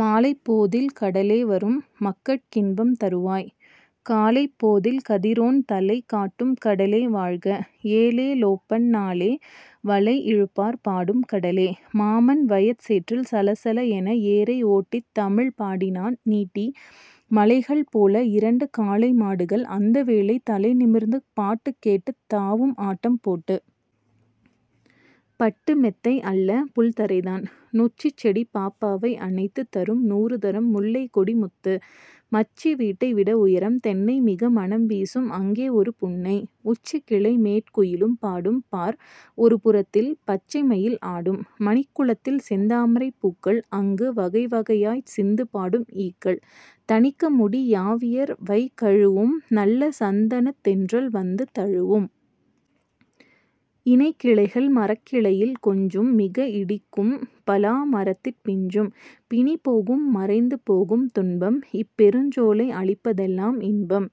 மாலைப் போதில் கடலே வரும்। மக்கட் கின்பம் தருவாய். காலைப் போதில் கதிரோன் தலை காட்டும் கடலே வாழ்க! ஏலே லோப்பண் ணாலே வலை இழுப்பார் பாடும் கடலே! மாமன் வயற் சேற்றில் சலசல என ஏரை ஓட்டித் தமிழ் பாடினான் நீட்டி! மலைகள் போல இரண்டு காளை மாடுகள் அந்த வேளை தலைநிமிர்ந்து பாட்டுக் கேட்டுத் தாவும் ஆட்டம் போட்டு! பட்டுமெத்தை அல்லபுல்த ரைதான்! நொச்சிச்செடிப் பாப்பாவை அணைத்துத் தரும் நூறுதரம் முல்லைக்கொடி முத்து! மச்சிவீட்டை விடஉயரம் தென்னை மிக மணம்வீசும் அங்கே ஒரு புன்னை! உச்சிக்கிளை மேற்குயிலும் பாடும் பார் ஒருபுறத்தில் பச்சைமயில் ஆடும். மணிக்குளத்தில் செந்தாமரைப் பூக்கள்-அங்கு வகைவகையாய்ச் சிந்துபாடும் ஈக்கள்! தணிக்கமுடி யாவியர்வைகழுவும்-நல்ல சந்தனத்துத் தென்றல் வந்து தழுவும்! இணைக்கிளைகள் மரக்கிளையில் கொஞ்சும்-மிக இடிக்கும் பலா மரத்திற் பிஞ்சும்! பிணிபோகும் மறைந்துபோகும் துன்பம்-இப் பெருஞ்சோலை அளிப்பதெலாம் இன்பம்!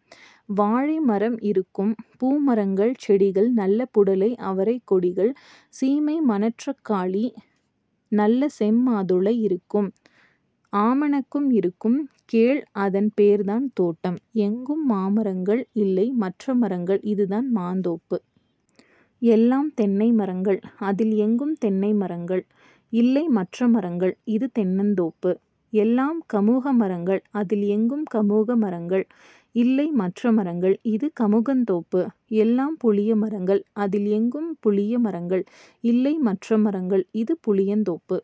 வாழைமரம் இருக்கும். பூமரங்கள் செடிகள்-நல்ல புடலை அவரைக் கொடிகள், சீமைமணற்றக் காளி-நல்ல செம்மாதுளை இருக்கும். ஆமணக்கும் இருக்கும் கேள் அதன் பேர்தான் தோட்டம். எங்கும் மாமரங்கள்; இல்லை மற்ற மரங்கள் இதுதான் மாந் தோப்பு. எல்லாம் தென்னை மரங்கள்- அதில் எங்கும் தென்னை மரங்கள்; இல்லை மற்ற மரங்கள் இது தென்னந் தோப்பு. எல்லாம் கமுக மரங்கள்- அதில் எங்கும் கமுக மரங்கள்; இல்லை மற்ற மரங்கள் இது கமுகந் தோப்பு. எல்லாம் புளிய மரங்கள்- அதில் எங்கும் புளிய மரங்கள்; இல்லை மற்ற மரங்கள் இது புளியந் தோப்பு.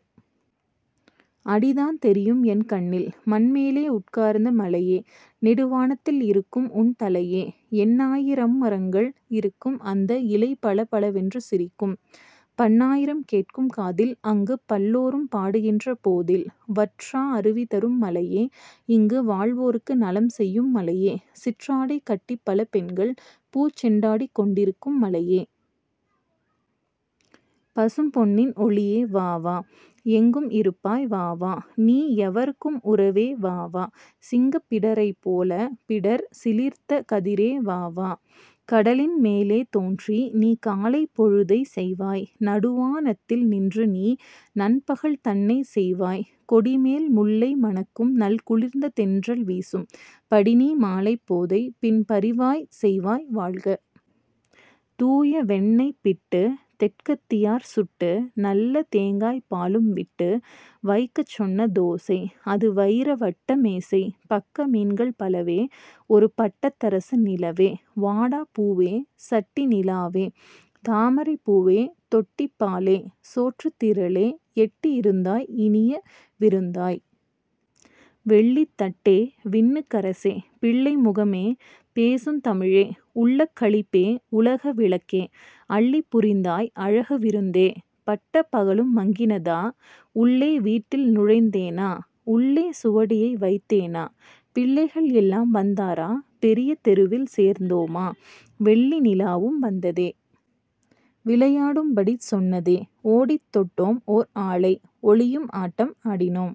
அடிதான் தெரியும்என் கண்ணில். மண்மேலே உட்கார்ந்த மலையே! -நெடு வானத்தில் இருக்கும்உன் தலையே! எண்ணாயி ரம்மரங்கள் இருக்கும் அந்த இலைபள பளவென்று சிரிக்கும். பண்ணாயிரம் கேட்கும் காதில்-அங்குப் பல்லோரும் பாடுகின்ற போதில். வற்றா அருவிதரும் மலையே! -இங்கு வாழ்வோர்க்கு நலம் செய்யும் மலையே! சிற்றாடை கட்டிப்பல பெண்கள்-பூச் செண்டாடிக் கொண்டிருக்கும் மலையே! -பசும் பொன்னின் ஒளியே வாவா! எங்கும் இருப்பாய் வாவா! நீ எவர்க்கும் உறவே வாவா! சிங்கப் பிடரைப்போல-பிடர் சிலிர்த்த கதிரே வாவா! கடலின் மேலே தோன்றி-நீ காலைப் பொழுதைச் செய்வாய். நடுவா னத்தில் நின்று நீ நண்பகல் தன்னைச் செய்வாய். கொடிமேல் முல்லைம ணக்கும் நல் குளிர்ந்த தென்றல் வீசும் படிநீ மாலைப் போதைப்-பின் பரிவாய்ச் செய்வாய் வாழ்க. தூய வெண்ணைய்ப் பிட்டு! தெற்கத்தியார் சுட்டு-நல்ல தேங்காய்ப் பாலும் விட்டு வைக்கச் சொன்ன தோசை-அது வயிர வட்ட மேசை! பக்க மீன்கள் பலவே-ஒரு பட்டத் தரசு நிலவே. வாடாப் பூவே! சட்டிநி லாவே! தாமரைப் பூவே! தொட்டிப் பாலே! சோற்றுத் திரளே! எட்டிஇ ருந்தாய் இனியவி ருந்தாய். வெள்ளித் தட்டே! விண்ணுக் கரசே! பிள்ளை முகமே! பேசுந் தமிழே! உள்ளக் களிப்பே! உலக விளக்கே! அள்ளிப் புரிந்தாய் அழகு விருந்தே. பட்டப் பகலும் மங்கினதா? உள்ளே வீட்டில் நுழைந்தேனா? உள்ள சுவடியை வைத்தேனா? பிள்ளைகள் எல்லாம் வந்தாரா? பெரிய தெருவில் சேர்ந்தோமா? வெள்ளி நிலாவும் வந்ததே! விளையா டும்படி சொன்னதே! ஓடித் தொட்டோம் ஓர் ஆளை! ஒளியும் ஆட்டம் ஆடினோம்!